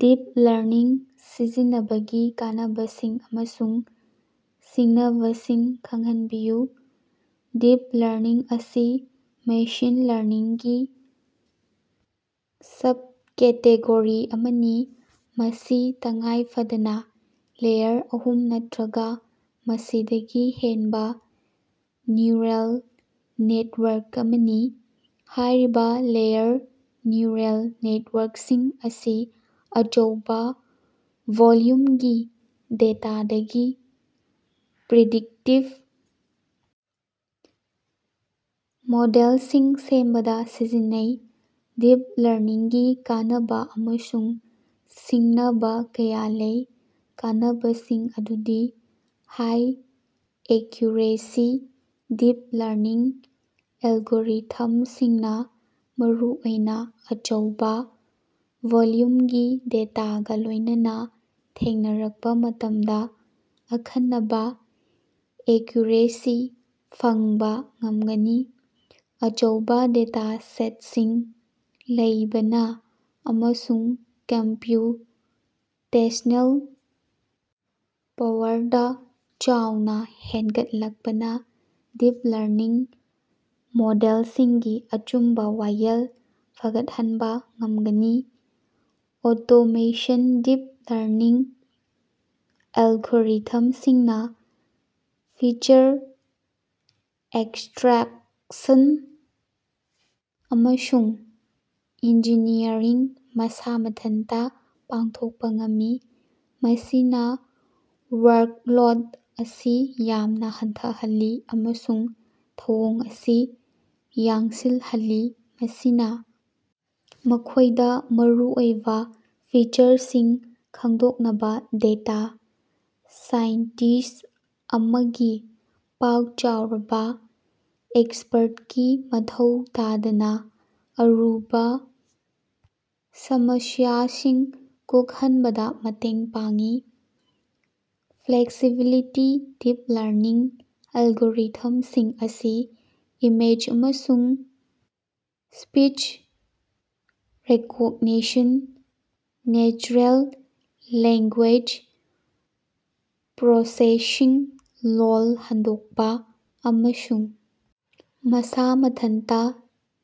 Deep learning ꯁꯤꯖꯤꯟꯅꯕꯒꯤ ꯀꯥꯟꯅꯕꯁꯤꯡ ꯑꯃꯁꯨꯡ ꯁꯤꯡꯅꯕꯁꯤꯡ ꯈꯪꯍꯟꯕꯤꯌꯨ꯫ ꯗꯤꯞ ꯂꯔꯅꯤꯡ ꯑꯁꯤ ꯃꯦꯁꯤꯟ ꯂꯔꯅꯤꯡꯒꯤ ꯁꯕꯀꯦꯇꯦꯒꯣꯔꯤ ꯑꯃꯅꯤ, ꯃꯁꯤ ꯇꯉꯥꯏꯐꯗꯅꯥ ꯂꯦꯌꯔ ꯑꯍꯨꯝ ꯅꯠꯇꯔꯒ ꯃꯁꯤꯗꯒꯤ ꯍꯦꯟꯕ ꯅ꯭ꯌꯨꯔꯦꯜ ꯅꯦꯠꯋꯥꯔꯛ ꯑꯃꯅꯤ꯫ ꯍꯥꯏꯔꯤꯕ ꯂꯦꯌꯔ ꯅ꯭ꯌꯨꯔꯦꯜ ꯅꯦꯠꯋꯥꯔꯛꯁꯤꯡ ꯑꯁꯤ ꯑꯆꯧꯕ ꯚꯣꯂ꯭ꯌꯨꯝꯒꯤ ꯗꯦꯇꯥꯗꯒꯤ ꯄ꯭ꯔꯤꯗꯤꯛꯇꯤꯚ ꯃꯣꯗꯦꯜꯁꯤꯡ ꯁꯦꯝꯕꯗꯥ ꯁꯤꯖꯤꯟꯅꯩ꯫ ꯗꯤꯞ ꯂꯔꯅꯤꯡꯒꯤ ꯀꯥꯟꯅꯕꯥ ꯑꯃꯁꯨꯡ ꯁꯤꯡꯅꯕ ꯀꯌꯥ ꯂꯩ꯫ ꯀꯥꯟꯅꯕꯁꯤꯡ ꯑꯗꯨꯗꯤ, ꯍꯥꯏ ꯑꯦꯀ꯭ꯌꯨꯔꯦꯁꯤ -ꯗꯤꯞ ꯂꯔꯅꯤꯡ ꯑꯦꯜꯒꯣꯔꯤꯊꯝꯁꯤꯡꯅ ꯃꯔꯨꯑꯣꯏꯅ ꯑꯆꯧꯕ ꯚꯣꯂ꯭ꯌꯨꯝꯒꯤ ꯗꯦꯇꯥꯒ ꯂꯣꯏꯅꯅꯥ ꯊꯦꯡꯅꯔꯛꯄ ꯃꯇꯝꯗ ꯑꯈꯟꯅꯕ ꯑꯦꯀ꯭ꯌꯨꯔꯦꯁꯤ ꯐꯪꯕ ꯉꯝꯒꯅꯤ꯫ ꯑꯆꯧꯕ ꯗꯦꯇꯥꯁꯦꯠꯁꯤꯡ ꯂꯩꯕꯅ ꯑꯃꯁꯨꯡ ꯀꯝꯄ꯭ꯌꯨꯇꯦꯁ꯭ꯅꯦꯜ ꯄꯥꯋꯔꯗ ꯆꯥꯎꯅ ꯍꯦꯟꯒꯠꯂꯛꯄꯅ ꯗꯤꯞ ꯂꯔꯅꯤꯡ ꯃꯣꯗꯦꯜꯁꯤꯡꯒꯤ ꯑꯆꯨꯝꯕ ꯋꯥꯌꯦꯜ ꯐꯒꯠꯍꯟꯕ ꯉꯝꯒꯅꯤ꯫ ꯑꯣꯇꯣꯃꯦꯁꯟ - ꯗꯤꯞ ꯂꯔꯅꯤꯡ ꯑꯦꯜꯒꯣꯔꯤꯊꯝꯁꯤꯡꯅ ꯐꯤꯆꯔ ꯑꯦꯛꯁꯇ꯭ꯔꯥꯛꯁꯟ ꯑꯃꯁꯨꯡ ꯏꯟꯖꯤꯅꯤꯌꯔꯤꯡ ꯃꯁꯥ ꯃꯊꯟꯇ ꯄꯥꯡꯊꯣꯛꯄ ꯉꯝꯃꯤ, ꯃꯁꯤꯅ ꯋꯥ꯭ꯔꯛꯂꯣꯗ ꯑꯁꯤ ꯌꯥꯝꯅ ꯍꯟꯊꯍꯜꯂꯤ ꯑꯃꯁꯨꯡ ꯊꯧꯑꯣꯡ ꯑꯁꯤ ꯌꯥꯡꯁꯤꯜꯍꯜꯂꯤ꯫ ꯃꯁꯤꯅ ꯃꯈꯣꯏꯗ ꯃꯔꯨꯑꯣꯏꯕ ꯐꯤꯆꯔꯁꯤꯡ ꯈꯪꯗꯣꯛꯅꯕꯥ ꯗꯦꯇꯥ ꯁꯥꯏꯟꯇꯤꯁ꯭ꯠ ꯑꯃꯒꯤ ꯄꯥꯛ ꯆꯥꯎꯔꯕ ꯑꯦꯛꯁꯄ꯭ꯔꯠꯀꯤ ꯃꯊꯧ ꯇꯥꯗꯅ ꯑꯔꯨꯕ ꯁꯃꯁ꯭ꯌꯥꯁꯤꯡ ꯀꯣꯛꯍꯟꯕꯗ ꯃꯇꯦꯡ ꯄꯥꯡꯏ꯫ ꯐ꯭ꯂꯦꯛꯁꯤꯕꯤꯂꯤꯇꯤ - ꯗꯤꯞ ꯂꯔꯅꯤꯡ ꯑꯦꯜꯒꯣꯔꯤꯊꯝꯁꯤꯡ ꯑꯁꯤ ꯏꯃꯦꯖ ꯑꯃꯁꯨꯡ speech recognition, natural language processing ꯂꯣꯜ ꯍꯟꯗꯣꯛꯄ, ꯑꯃꯁꯨꯡ ꯃꯁꯥ ꯃꯊꯟꯇ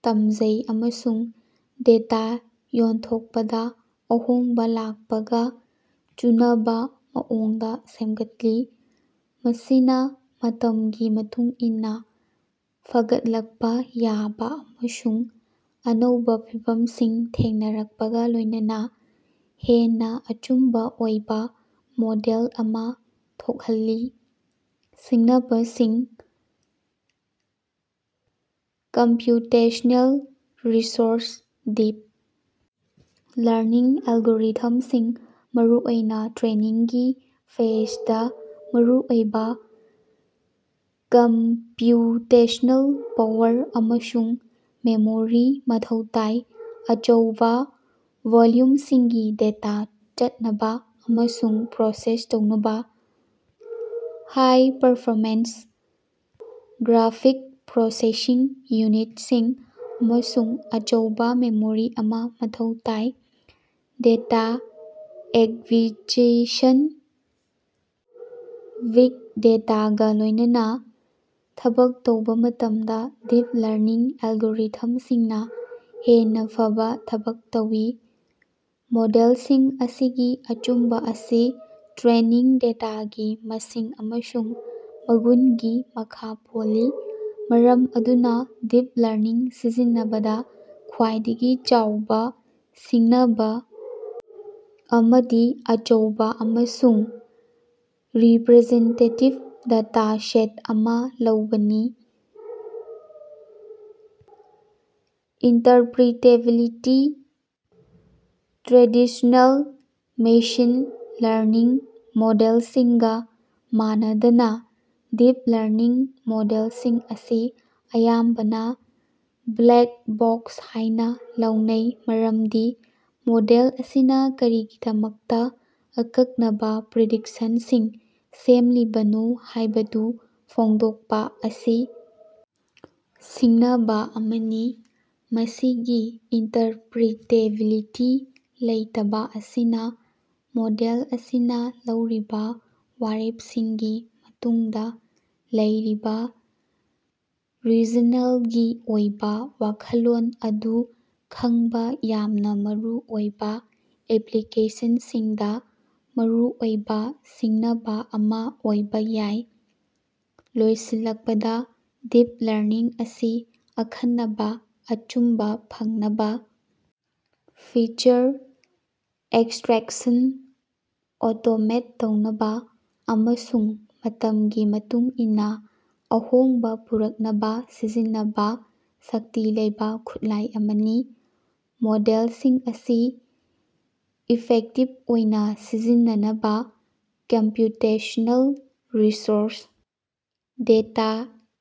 ꯇꯝꯖꯩ ꯑꯃꯁꯨꯡ ꯗꯦꯇꯥ ꯌꯦꯟꯊꯣꯛꯄꯗ ꯑꯍꯣꯡꯕꯥ ꯂꯥꯛꯄꯒ ꯆꯨꯅꯕ‌ ꯃꯑꯣꯡꯗ ꯁꯦꯝꯒꯠꯂꯤ꯫ ꯃꯁꯤꯅ ꯃꯇꯝꯒꯤ ꯃꯇꯨꯡ ꯏꯟꯅ ꯐꯒꯠꯂꯛꯄ ꯌꯥꯕ ꯑꯃꯁꯨꯡ ꯑꯅꯧꯕ ꯐꯤꯚꯝꯁꯤꯡ ꯊꯦꯡꯅꯔꯛꯄꯒ ꯂꯣꯏꯅꯅꯥ ꯍꯦꯟꯅ ꯑꯆꯨꯝꯕ ꯑꯣꯏꯕ ꯃꯣꯗꯦꯜ ꯑꯃ ꯊꯣꯛꯍꯜꯂꯤ꯫ ꯁꯤꯡꯅꯕꯁꯤꯡ ,ꯀꯝꯄ꯭ꯌꯨꯇꯦꯁ꯭ꯅꯦꯜ ꯔꯤꯁꯣꯔꯁ - ꯗꯤꯞ ꯂꯔꯅꯤꯡ ꯑꯦꯜꯒꯣꯔꯤꯊꯝꯁꯤꯡꯅ ꯃꯔꯨꯑꯣꯏꯅ ꯇ꯭ꯔꯦꯅꯤꯡꯒꯤ ꯐꯦꯖꯗꯥ ꯃꯔꯨꯑꯣꯏꯕ ꯀꯝꯄ꯭ꯌꯨꯇꯦꯁꯅꯦꯜ ꯄꯥꯋꯔ ꯑꯃꯁꯨꯡ ꯃꯦꯃꯣꯔꯤ ꯃꯊꯧ ꯇꯥꯏ꯫ ꯑꯆꯧꯕ ꯚꯣꯂ꯭ꯌꯨꯝꯁꯤꯡꯒꯤ ꯗꯦꯇꯥ ꯆꯠꯅꯕ ꯑꯃꯁꯨꯡ ꯄ꯭ꯔꯣꯁꯦꯁ ꯇꯧꯅꯕ, ꯍꯥꯏ-ꯄꯥꯔꯐꯣꯔꯃꯦꯟꯁ ꯒ꯭ꯔꯥꯐꯤꯛ ꯄ꯭ꯔꯣꯁꯦꯁꯤꯡ ꯌꯨꯅꯤꯠ ꯁꯤꯡ ꯑꯃꯁꯨꯡ ꯑꯆꯧꯕ ꯃꯦꯃꯣꯔꯤ ꯑꯃ ꯃꯊꯧ ꯇꯥꯏ꯫ ꯗꯦꯇꯥ ꯑꯦꯛꯕꯤꯖꯤꯁꯟ - ꯕꯤꯒ ꯗꯦꯇꯥ ꯒꯥ ꯂꯣꯏꯅꯅꯥ ꯊꯕꯛ ꯇꯧꯕ‌ ꯃꯇꯝꯗ ꯗꯤꯞ ꯂꯔꯅꯤꯡ ꯑꯦꯜꯒꯣꯔꯤꯊꯝꯁꯤꯡꯅ ꯍꯦꯟꯅ ꯐꯕꯥ ꯊꯕꯛ ꯇꯧꯏ꯫ ꯃꯣꯗꯦꯜꯁꯤꯡ ꯑꯁꯤꯒꯤ ꯑꯆꯨꯝꯕ ꯑꯁꯤ ꯇ꯭ꯔꯦꯅꯤꯡ ꯗꯦꯇꯥꯒꯤ ꯃꯁꯤꯡ ꯑꯃꯁꯨꯡ ꯃꯒꯨꯟꯒꯤ ꯃꯈꯥ ꯄꯣꯜꯂꯤ꯫ ꯃꯔꯝ ꯑꯗꯨꯅ ꯗꯤꯞ ꯂꯔꯅꯤꯡ ꯁꯤꯖꯤꯟꯅꯕꯗ ꯈ꯭ꯋꯥꯏꯗꯒꯤ ꯆꯥꯎꯕ ꯁꯤꯡꯅꯕ ꯑꯃꯗꯤ ꯑꯆꯧꯕ ꯑꯃꯁꯨꯡ ꯔꯤꯄꯔꯖꯦꯟꯇꯦꯇꯤꯕ ꯗꯦꯇꯥꯁꯦꯠ ꯑꯃ ꯂꯧꯕꯅꯤ꯫ ꯏꯟꯇꯔꯄ꯭ꯔꯤꯇꯦꯕꯤꯂꯤꯇꯤ - ꯇ꯭ꯔꯦꯗꯤꯁ꯭ꯅꯦꯜ ꯃꯦꯁꯤꯟ ꯂꯔꯅꯤꯡ ꯃꯣꯗꯦꯜꯁꯤꯡꯒ ꯃꯥꯟꯅꯗꯅꯥ, ꯗꯤꯞ ꯂꯔꯅꯤꯡ ꯃꯣꯗꯦꯜꯁꯤꯡ ꯑꯁꯤ ꯑꯌꯥꯝꯕꯅ ꯕ꯭ꯂꯦꯛ ꯕꯣꯛꯁ ꯍꯥꯏꯅ ꯂꯧꯅꯩ ꯃꯔꯝꯗꯤ ꯃꯣꯗꯦꯜ ꯑꯁꯤꯅ ꯀꯔꯤꯒꯤꯗꯃꯛꯇ ꯑꯀꯛꯅꯕ ꯄ꯭ꯔꯤꯗꯤꯛꯁꯟꯁꯤꯡ ꯁꯦꯝꯂꯤꯕꯅꯣ ꯍꯥꯏꯕꯗꯨ ꯐꯣꯡꯗꯣꯛꯄ ꯑꯁꯤ ꯁꯤꯡꯅꯕꯥ ꯑꯃꯅꯤ꯫ ꯃꯁꯤꯒꯤ ꯏꯟꯇꯔꯄ꯭ꯔꯤꯇꯦꯕꯤꯂꯤꯇꯤ ꯂꯩꯇꯕꯥ ꯑꯁꯤꯅ ꯃꯣꯗꯦꯜ ꯑꯁꯤꯅ ꯂꯧꯔꯤꯕ ꯋꯥꯔꯦꯞꯁꯤꯡꯒꯤ ꯃꯇꯨꯡꯗ ꯂꯩꯔꯤꯕ ꯔꯤꯖꯅꯦꯜꯒꯤ ꯑꯣꯏꯕ ꯋꯥꯈꯜꯂꯣꯟ ꯑꯗꯨ ꯈꯪꯕ ꯌꯥꯝꯅ ꯃꯔꯨ ꯑꯣꯏꯕ ꯑꯦꯄ꯭ꯂꯤꯀꯦꯁꯟꯁꯤꯡꯗ ꯃꯔꯨꯑꯣꯏꯕ ꯁꯤꯡꯅꯕꯥ ꯑꯃ ꯑꯣꯏꯕ ꯌꯥꯏ꯫ ꯂꯣꯏꯁꯤꯜꯂꯛꯄꯗ, ꯗꯤꯞ ꯂꯔꯅꯤꯡ ꯑꯁꯤ ꯑꯈꯟꯅꯕ ꯑꯆꯨꯝꯕ ꯐꯪꯅꯕꯥ, ꯐꯤꯆꯔ ꯑꯦꯛꯁꯇ꯭ꯔꯦꯛꯁꯟ ꯑꯣꯇꯣꯃꯦꯠ ꯇꯧꯅꯕꯥ ꯑꯃꯁꯨꯡ ꯃꯇꯝꯒꯤ ꯃꯇꯨꯡ ꯏꯟꯅ ꯑꯍꯣꯡꯕ ꯄꯨꯔꯛꯅꯕ ꯁꯤꯖꯤꯟꯅꯕ ꯁꯛꯇꯤ ꯂꯩꯕ ꯈꯨꯠꯂꯥꯏ ꯑꯃꯅꯤ꯫ ꯃꯣꯗꯦꯜꯁꯤꯡ ꯑꯁꯤ ꯏꯐꯦꯛꯇꯤꯕ ꯑꯣꯏꯅ ꯁꯤꯖꯤꯟꯅꯅꯕꯥ ꯀꯝꯄ꯭ꯌꯨꯇꯦꯁ꯭ꯅꯦꯜ ꯔꯤꯁꯣꯔꯁ, ꯗꯦꯇꯥ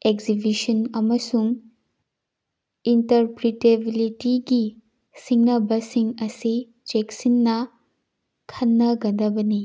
ꯑꯦꯛꯖꯤꯕꯤꯁꯟ, ꯑꯃꯁꯨꯡ ꯏꯟꯇꯔꯄ꯭ꯔꯤꯇꯦꯕꯤꯂꯤꯇꯤꯒꯤ ꯁꯤꯡꯅꯕꯁꯤꯡ ꯑꯁꯤ ꯆꯦꯛꯁꯤꯟꯅ ꯈꯟꯅꯒꯗꯕꯅꯤ꯫